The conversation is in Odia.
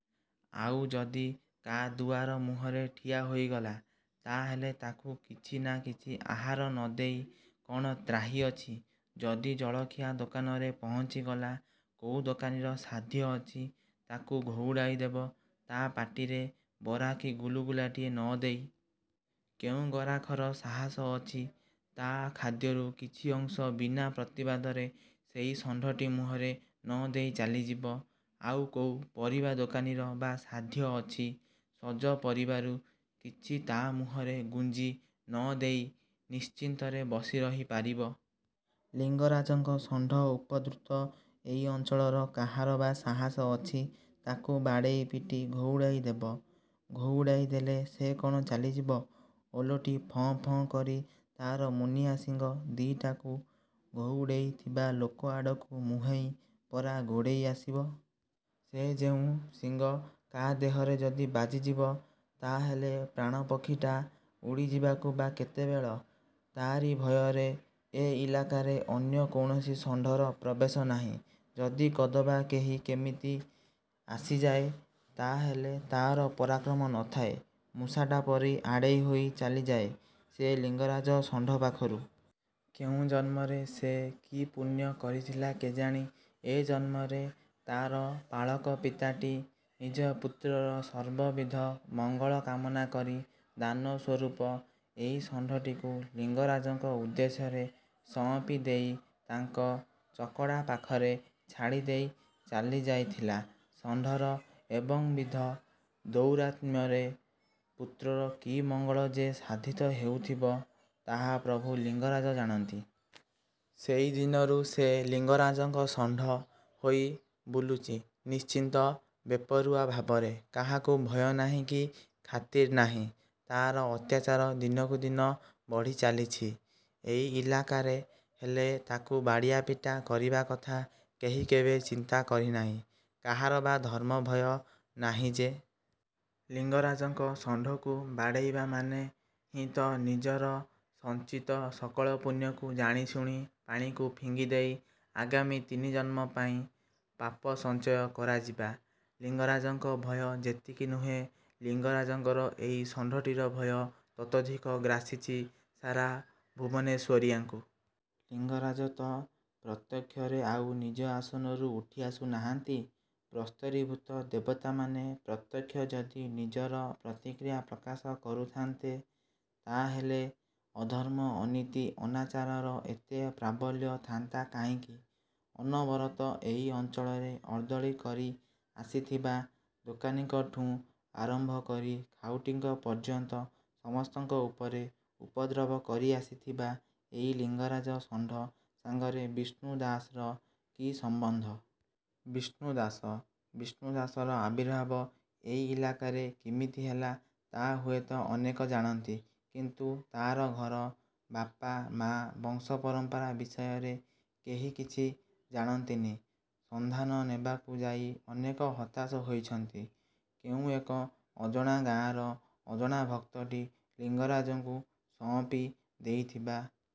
ଆଉ ଯଦି କା' ଦୁଆର ମୁହଁରେ ଠିଆ ହୋଇଗଲା ତା'ହେଲେ ତାକୁ କିଛି ନା କିଛି ଆହାର ନ ଦେଇ କ'ଣ ତ୍ରାହି ଅଛି? ଯଦି ଜଳଖିଆ ଦୋକାନରେ ପହଞ୍ଚି ଗଲା, କୋଉ ଦୋକାନୀର ସାଧ୍ୟ ଅଛି ତାକୁ ଘଉଡ଼ାଇ ଦେବ ତା'। ପାଟିରେ ବରା କି ଗୁଲୁଗୁଲାଟିଏ ନ ଦେଇ। କେଉଁ ଗରାଖର ସାହସ ଅଛି ତା' ଖାଦ୍ୟରୁ କିଛି ଅଂଶ ବିନା ପ୍ରତିବାଦରେ ସେଇ ଷଣ୍ଢଟି ମୁହଁରେ ନ ଦେଇ ଚାଲିଯିବ। ଆଉ କୋଉ ପରିବା ଦୋକାନୀର ବା ସାଧ୍ୟ ଅଛି ସଜ ପରିବାରୁ କିଛି ତା' ମୁହଁରେ ଗୁଞ୍ଜି ନ ଦେଇ ନିଶ୍ଚିନ୍ତରେ ବସି ରହି ପାରିବ? -ଲିଙ୍ଗରାଜଙ୍କ ଷଣ୍ଢ ଉପଦ୍ରୁତ ଏଇ ଅଞ୍ଚଳର କାହାର ବା ସାହସ ଅଛି ତାକୁ ବାଡ଼େଇ ପିଟି ଘଉଡ଼ାଇ ଦେବ? ଘଉଡ଼ାଇ ଦେଲେ ସେ କ'ଣ ଚାଲିଯିବ? ଓଲଟି ଫଁ ଫଁ କରି ତା'ର ମୁନିଆ ଶିଙ୍ଗ ଦି'ଟାକୁ ଘଉଡ଼େଇ ଥିବା ଲୋକ ଆଡ଼କୁ ମୁହେଁଇ ପରା ଗୋଡ଼େଇ ଆସିବ! ସେ ଯେଉଁ ଶିଙ୍ଗ କା ଦେହରେ ଯଦି ବାଜିଯିବ ତା'ହେଲେ ପ୍ରାଣପକ୍ଷୀଟା ଉଡ଼ିଯିବାକୁ ବା କେତେବେଳ-? ତାରି ଭୟରେ ଏ ଇଲାକାରେ ଅନ୍ୟ କୌଣସି ଷଣ୍ଢର ପ୍ରବେଶ ନାହିଁ। ଯଦି କଦବା କେହି କେମିତି ଆସିଯାଏ, ତା'ହେଲେ ତା'ର ପରାକ୍ରମ ନଥାଏ, ମୂଷାଟା ପରି ଆଡ଼େଇ ହୋଇ ଚାଲିଯାଏ ସେ ଲିଙ୍ଗରାଜ ଷଣ୍ଢ ପାଖରୁ। କେଉଁ ଜନ୍ମରେ ସେ କି ପୁଣ୍ୟ କରିଥିଲା କେଜାଣି ଏ ଜନ୍ମରେ ତା'ର ପାଳକ ପିତାଟି ନିଜ ପୁତ୍ରର ସର୍ବବିଧ ମଙ୍ଗଳ କାମନା କରି ଦାନ ସ୍ୱରୂପ ଏଇ ଷଣ୍ଢଟିକୁ ଲିଙ୍ଗରାଜଙ୍କ ଉଦ୍ଦେଶ୍ୟରେ ସଅଁପି ଦେଇ ତାଙ୍କ ଚକଡ଼ା ପାଖରେ ଛାଡ଼ିଦେଇ ଚାଲି ଯାଇଥିଲା। ଷଣ୍ଢର ଏବଂବିଧ ଦୌରାତ୍ମ୍ୟରେ ପୁତ୍ରର କି ମଙ୍ଗଳ ଯେ ସାଧିତ ହେଉଥିବ ତାହା ପ୍ରଭୁ ଲିଙ୍ଗରାଜ ଜାଣନ୍ତି। ସେଇ ଦିନରୁ ସେ 'ଲିଙ୍ଗରାଜଙ୍କ ଷଣ୍ଢ' ହୋଇ ବୁଲୁଚି ନିଶ୍ଚିନ୍ତ, ବେପରୁଆ ଭାବରେ। କାହାକୁ ଭୟ ନାହିଁ କି ଖାତିର ନାହିଁ। ତା'ର ଅତ୍ୟାଚାର ଦିନକୁ ଦିନ ବଢ଼ିଚାଲିଛି ଏଇ ଇଲାକାରେ, ହେଲେ ତାକୁ ବାଡ଼ିଆପିଟା କରିବା କଥା କେହି କେବେ ଚିନ୍ତା କରିନାହିଁ। କାହାର ବା ଧର୍ମ ଭୟ ନାହିଁ ଯେ? ଲିଙ୍ଗରାଜଙ୍କ ଷଣ୍ଢକୁ ବାଡ଼େଇବା ମାନେ ହିଁ ତ ନିଜର ସଞ୍ଚିତ ସକଳ ପୁଣ୍ୟକୁ ଜାଣିଶୁଣି ପାଣିକୁ ଫିଙ୍ଗି ଦେଇ ଆଗାମୀ ତିନି ଜନ୍ମ ପାଇଁ ପାପ ସଞ୍ଚୟ କରାଯିବା। ଲିଙ୍ଗରାଜଙ୍କ ଭୟ ଯେତିକି ନୁହେଁ, ଲିଙ୍ଗରାଜଙ୍କର ଏଇ ଷଣ୍ଢଟିର ଭୟ ତତୋଽଧିକ ଗ୍ରାସିଛି ସାରା ଭୁବନେଶ୍ୱରିଆଙ୍କୁ। ଲିଙ୍ଗରାଜ ତ ପ୍ରତ୍ୟକ୍ଷରେ ଆଉ ନିଜ ଆସନରୁ ଉଠି ଆସୁ ନାହାନ୍ତି। ପ୍ରସ୍ତରୀଭୂତ ଦେବତାମାନେ ପ୍ରତ୍ୟକ୍ଷ ଯଦି ନିଜର ପ୍ରତିକ୍ରିୟା ପ୍ରକାଶ କରୁଥାନ୍ତେ ତା'ହେଲେ ଅଧର୍ମ, ଅନୀତି, ଅନାଚାରର ଏତେ ପ୍ରାବଲ୍ୟ ଥାନ୍ତା କାହିଁକି? ଅନବରତ ଏଇ ଅଞ୍ଚଳରେ ଅର୍ଦ୍ଦଳି କରି ଆସିଥିବା ଦୋକାନୀଙ୍କଠୁଁ ଆରମ୍ଭ କରି ଖାଉଟିଙ୍କ ପର୍ଯ୍ୟନ୍ତ ସମସ୍ତଙ୍କ ଉପରେ ଉପଦ୍ରବ କରି ଆସିଥିବା ଏଇ ଲିଙ୍ଗରାଜ ଷଣ୍ଢ ସାଙ୍ଗରେ ବିଷ୍ଣୁ ଦାସର କି ସମ୍ବନ୍ଧ? ବିଷ୍ଣୁ ଦାସ! ବିଷ୍ଣୁ ଦାସର ଆବିର୍ଭାବ ଏଇ ଇଲାକାରେ କିମିତି ହେଲା ତା' ହୁଏତ ଅନେକ ଜାଣନ୍ତି; କିନ୍ତୁ ତା'ର ଘର, ବାପା ମାଆ, ବଂଶ ପରମ୍ପରା ବିଷୟରେ କେହି କିଛି ଜାଣନ୍ତିନି। ସନ୍ଧାନ ନେବାକୁ ଯାଇ ଅନେକ ହତାଶ ହୋଇଛନ୍ତି। କେଉଁ ଏକ ଅଜଣା ଗାଆଁର ଅଜଣା ଭକ୍ତଟି ଲିଙ୍ଗରାଜଙ୍କୁ ସଅଁପି ଦେଇଥିବା